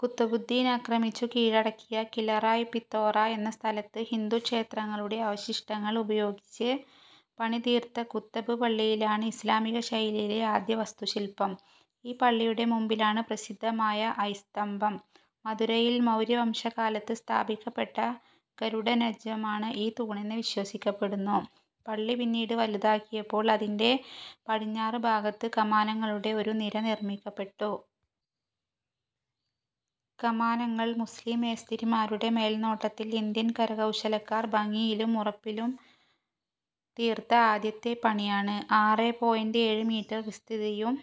കുത്തബുദ്ദീൻ ആക്രമിച്ചു കീഴടക്കിയ കിലാറായ്പിത്തോറ എന്ന സ്ഥലത്ത് ഹിന്ദുക്ഷേത്രങ്ങളുടെ അവശിഷ്ടങ്ങൾ ഉപയോഗിച്ച് പണിതീർത്ത കുത്തബ് പള്ളിയാണ് ഇസ്ലാമികശൈലിയിലെ ആദ്യവാസ്തുശില്പം. ഈ പള്ളിയുടെ മുമ്പിലാണ് പ്രസിദ്ധമായ് അയസ്തംഭം. മഥുരയിൽ മൗര്യവംശകാലത്ത് സ്ഥാപിക്കപ്പെട്ട ഗരുഡധ്വജമാണ് ഈ തൂണെന്ന് വിശ്വസിക്കപ്പെടുന്നു. പള്ളി പിന്നീട് വലുതാക്കിയപ്പോൾ അതിന്റെ പടിഞ്ഞാറുഭാഗത്ത് കമാനങ്ങളുടെ ഒരു നിര നിർമ്മിക്കപ്പെട്ടു. കമാനങ്ങൾ മുസ്ലീം മേസ്തിരിമാരുടെ മേൽനോട്ടത്തിൽ ഇന്ത്യൻ കരകൗശലക്കാർ ഭംഗിയിലും ഉറപ്പിലും തീർത്ത ആദ്യത്തെ പണിയാണ്. ആറേ പോയിന്റ് ഏഴ് മീറ്റർ വിസ്തൃതിയും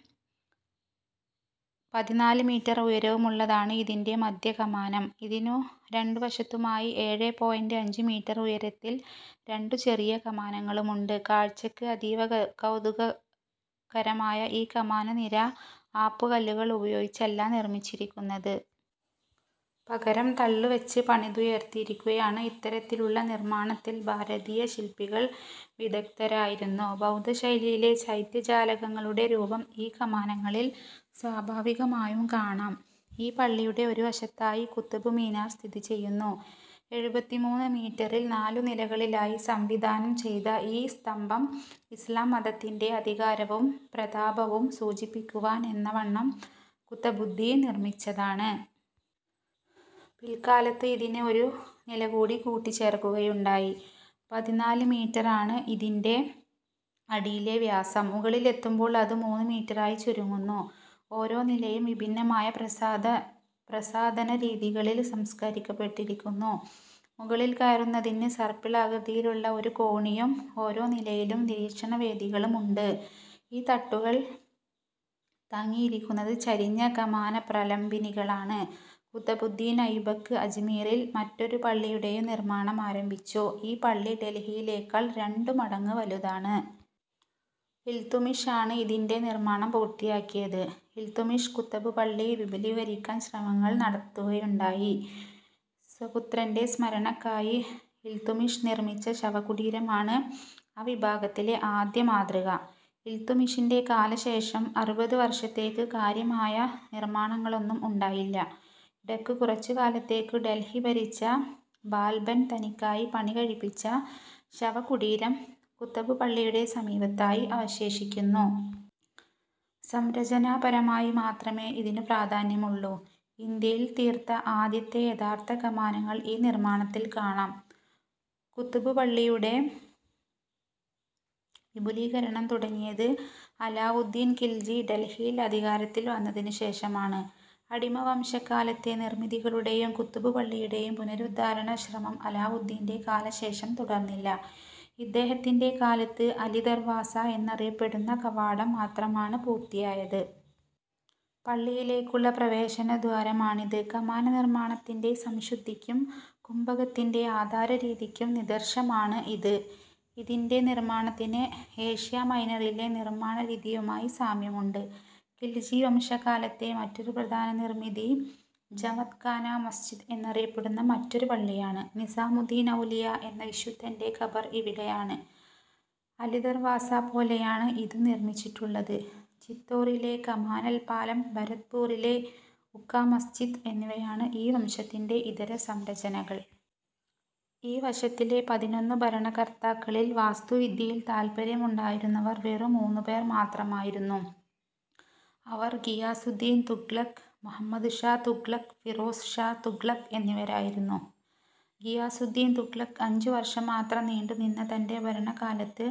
പതിനാല് മീറ്റർ ഉയരവുമുള്ളതാണ് ഇതിന്റെ മദ്ധ്യകമാനം. ഇതിനു രണ്ടുവശത്തുമായി ഏഴേ പോയിന്റ് അഞ്ചു മീറ്റർ ഉയരത്തിൽ രണ്ടു ചെറിയ കമാനങ്ങളുമുണ്ട്. കാഴ്ചക്ക് അതീവ കൗതുകകരമായ ഈ കമാനനിര ആപ്പുകല്ലുകൾ ഉപയോഗിച്ചല്ല നിർമിച്ചിരിക്കുന്നത്. പകരം തള്ളുവച്ച് പണിതുയർത്തിയിരിക്കുകയാണ്. ഇത്തരത്തിലുള്ള നിർമ്മാണത്തിൽ ഭാരതീയ ശില്പികൾ വിദഗ്ദ്ധരായിരുന്നു. ബൗദ്ധശൈലിയിലെ ചൈത്യജാലകങ്ങളുടെ രൂപം ഈ കമാനങ്ങളിൽ സ്വാഭാവികമായും കാണാം. ഈ പള്ളിയുടെ ഒരുവശത്തായി കുത്തബ്മീനാർ സ്ഥിതിചെയ്യുന്നു. എഴുപത്തിമൂന്ന് മീറ്ററിൽ നാലു നിലകളിലായി സംവിധാനംചെയ്ത ഈ സ്തംഭം ഇസ്ലാം മതത്തിന്റെ അധികാരവും പ്രതാപവും സൂചിപ്പിക്കുവാൻ എന്ന വണ്ണം കുത്തബുദ്ദീൻ നിർമിച്ചതാണ്. പിൽക്കാലത്ത് ഇതിന് ഒരു നിലകൂടി കൂട്ടിച്ചേർക്കുകയുണ്ടായി. പതിനാല് മീറ്ററാണ് ഇതിന്റെ അടിയിലെ വ്യാസം. മുകളിലെത്തുമ്പോൾ അതു മൂന്നു മീറ്ററായി ചുരുങ്ങുന്നു. ഓരോനിലയും വിഭിന്നമായ പ്രസാധനരീതികളിൽ സംസ്കരിക്കപ്പെട്ടിരിക്കുന്നു. മുകളിൽ കയറുന്നതിന് സർപ്പിളാകൃതിയിലുള്ള ഒരു കോണിയും ഓരോനിലയിലും നിരീക്ഷണവേദികളും ഉണ്ട്. ഈ തട്ടുകൾ തങ്ങിയിരികുന്നത് ചരിഞ്ഞ കമാനപ്രലംബിനികളാണ്. കുത്തബുദ്ദീൻ ഐബക്ക് അജ്മീറിൽ മറ്റൊരു പള്ളിയുടേയും നിർമ്മാണമാരംഭിച്ചു ഈപള്ളി ഡൽഹിയിലെക്കാൾ രണ്ടുമടങ്ങു വലുതാണ്. ഇൽത്തുമിഷ് ആണ് ഇതിന്റെ നിർമ്മാണം പൂർത്തിയാക്കിയത്. ഇൽത്തുമിഷ് കുത്തബ്പള്ളി വിപുലീകരിക്കാൻ ശ്രമങ്ങൾ നടത്തുകയുണ്ടായി. സ്വപുത്രന്റെ സ്മരണക്കായി ഇൽത്തുമിഷ് നിർമിച്ച ശവകുടീരമാണ് ആവിഭാഗത്തിലെ ആദ്യമാതൃക. ഇൽത്തുമിഷിന്റെ കാലശേഷം അറുപത് വർഷത്തേക്ക് കാര്യമായ നിർമ്മാണങ്ങളൊന്നും ഉണ്ടായില്ല. ഇടയ്ക്കു കുറച്ചുകാലത്തേക്കു ഡൽഹി ഭരിച്ച ബാൽബൻ തനിക്കായി പണികഴിപ്പിച്ച ശവകുടീരം കുത്തബ്പള്ളിയുടെ സമീപത്തായി അവശേഷിക്കുന്നു. സംരചനാപരമായി മാത്രമേ ഇതിനു പ്രാധാന്യമുള്ളു. ഇന്ത്യയിൽ തീർത്ത ആദ്യത്തെ യഥാർത്ഥ കമാനങ്ങൾ ഈ നിർമ്മാണത്തിൽ കാണാം. കുത്തബ്പള്ളിയുടെ വിപുലീകരണം തുടങ്ങിയത് അലാവുദീൻ കിൽജി ഡൽഹിയിൽ അധികാരത്തിൽ വന്നതിനു ശേഷമാണ്. അടിമവംശക്കാലത്തെ നിർമിതികളുടെയും കുത്തബ്പള്ളിയുടെയും പുനരുദ്ധാരണശ്രമം അലാവുദ്ദീന്റെ കാലശേഷം തുടർന്നില്ല. ഇദ്ദേഹത്തിന്റെ കാലത്ത് അലിദർവാസ എന്നറിയപ്പെടുന്ന കവാടം മാത്രമാണ് പൂർത്തിയായത്. പള്ളിയിലേക്കുള്ള പ്രവേശനദ്വാരമാണിത്. കമാനനിർമ്മാണത്തിന്റെ സംശുദ്ധിക്കും കുംഭകത്തിന്റെ ആധാരരീതിക്കും നിദർശമാണ് ഇത്. ഇതിന്റെ നിർമ്മാണത്തിന് ഏഷ്യാമൈനറിലെ നിർമ്മാണ രീതിയുമായി സാമ്യമുണ്ട്. കിൽജിവംശകാലത്തെ മറ്റൊരു പ്രധാനനിർമിതി ജമത്ഖാന മസ്ജിത് എന്നറിയപ്പെടുന്ന മറ്റൊരുപള്ളിയാണ്. നിസാമുദ്ദീൻ ഔലിയ എന്ന വിശുദ്ധന്റെ കബർ ഇവിടെയാണ്. അലിദർവാസ പോലെയാണ് ഇതും നിർമിച്ചിട്ടുള്ളത്. ചിത്തോറിലെ കമാനപ്പാലം, ഭരത്പൂറിലെ ഉഖാമസ്ജിത്ത് എന്നിവയാണ് ഈ വംശത്തിന്റെ ഇതര സംരചനകൾ. ഈ വശത്തിലെ പതിനൊന്നു ഭരണകർത്താക്കളിൽ വാസ്തുവിദ്യയിൽ താല്പര്യമുണ്ടായിരുന്നവർ വെറും മൂന്നുപേർ മാത്രമായിരുന്നു. അവർ ഗിയാസുദ്ദിൻ തുഗ്ലക്, മുഹമ്മദ് ഷാ തുഗ്ലക്, ഫിറോസ് ഷാ തുഗ്ലക് എന്നിവരായിരുന്നു. ഗിയാസുദ്ദീൻ തുഗ്ലക് അഞ്ചു വർഷം മാത്രം നീണ്ടുനിന്ന തന്റെഭരണകാലത്ത്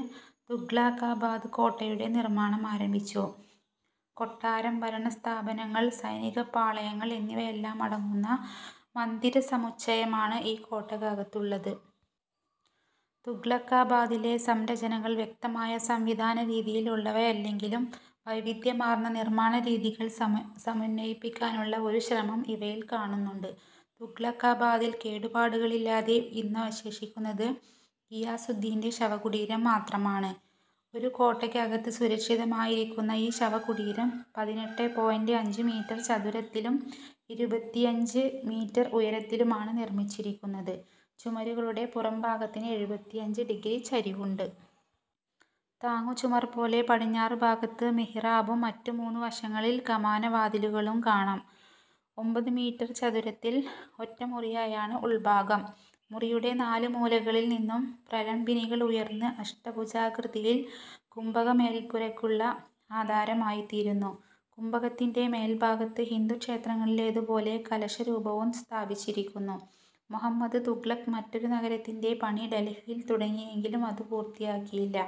തുഗ്ലക്കാബാദ് കോട്ടയുടെ നിർമ്മാണം ആരംഭിച്ചു. കൊട്ടാരം, ഭരണസ്ഥാപനങ്ങൾ, സൈനികപ്പാളയങ്ങൾ എന്നിവയെല്ലാമടങ്ങുന്ന മന്ദിരസമുച്ചയമാണ് ഈ കോട്ടക്കകത്തുള്ളത്. തുഗ്ലക്കാബാദിലെ സംരചനകൾ വ്യക്തമായ സംവിധാനരീതിയിൽ ഉള്ളവയല്ലെങ്കിലും വൈവിദ്ധ്യമാർന്ന നിർമ്മാണരീതികൾ സമന്വയിപ്പിക്കാനുള്ള ഒരു ശ്രമം ഇവയിൽ കാണുന്നുണ്ട്. തുഗ്ലക്കാബാദിൽ കേടുപാടുകളില്ലാതെ ഇന്നവശേഷിക്കുന്നത് ഗിയാസുദ്ദീന്റെ ശവകുടീരം മാത്രമാണ്. ഒരു കോട്ടയ്ക്കകത്ത് സുരക്ഷിതമാക്കിയിരിക്കുന്ന ഈ ശവകുടീരം പതിനെട്ടേ പോയിന്റ് അഞ്ചു മീറ്റർ ചതുരത്തിലും ഇരുപത്തിയഞ്ചു മീറ്റർ ഉയരത്തിലുമാണ് നിർമിച്ചിരിക്കുന്നത്. ചുമരുകളുടെ പുറംഭാഗത്തിന് എഴുപത്തിഅഞ്ച് ഡിഗ്രി ചരിവുണ്ട്. താങ്ങുചുമർപോലെ പടിഞ്ഞാറുഭാഗത്ത് മിഹിറാബും മറ്റുമൂന്നുവശങ്ങളിൽ കമാനവാതിലുകളും കാണാം. ഒമ്പത് മീറ്റർ ചതുരത്തിൽ ഒറ്റമുറിയായാണ് ഉൾഭാഗം. മുറിയുടെ നാലുമൂലകളിൽ നിന്നും പ്രലംബിനികൾ ഉയർന്ന് അഷ്ടഭുജാകൃതിയിൽ കുംഭകമേൽപ്പുരക്കുള്ള ആധാരമായിത്തീരുന്നു. കുംഭകത്തിന്റെ മേൽഭാഗത്ത് ഹിന്ദുക്ഷേത്രങ്ങളിലേതുപോലെ കലശരൂപവും സ്ഥാപിച്ചിരിക്കുന്നു. മുഹമ്മദ് തുഗ്ലക്ക് മറ്റൊരുനഗരത്തിന്റെ പണി ഡൽഹിയിൽ തുടങ്ങിയെങ്കിലും അതു പൂർത്തിയാക്കിയില്ല.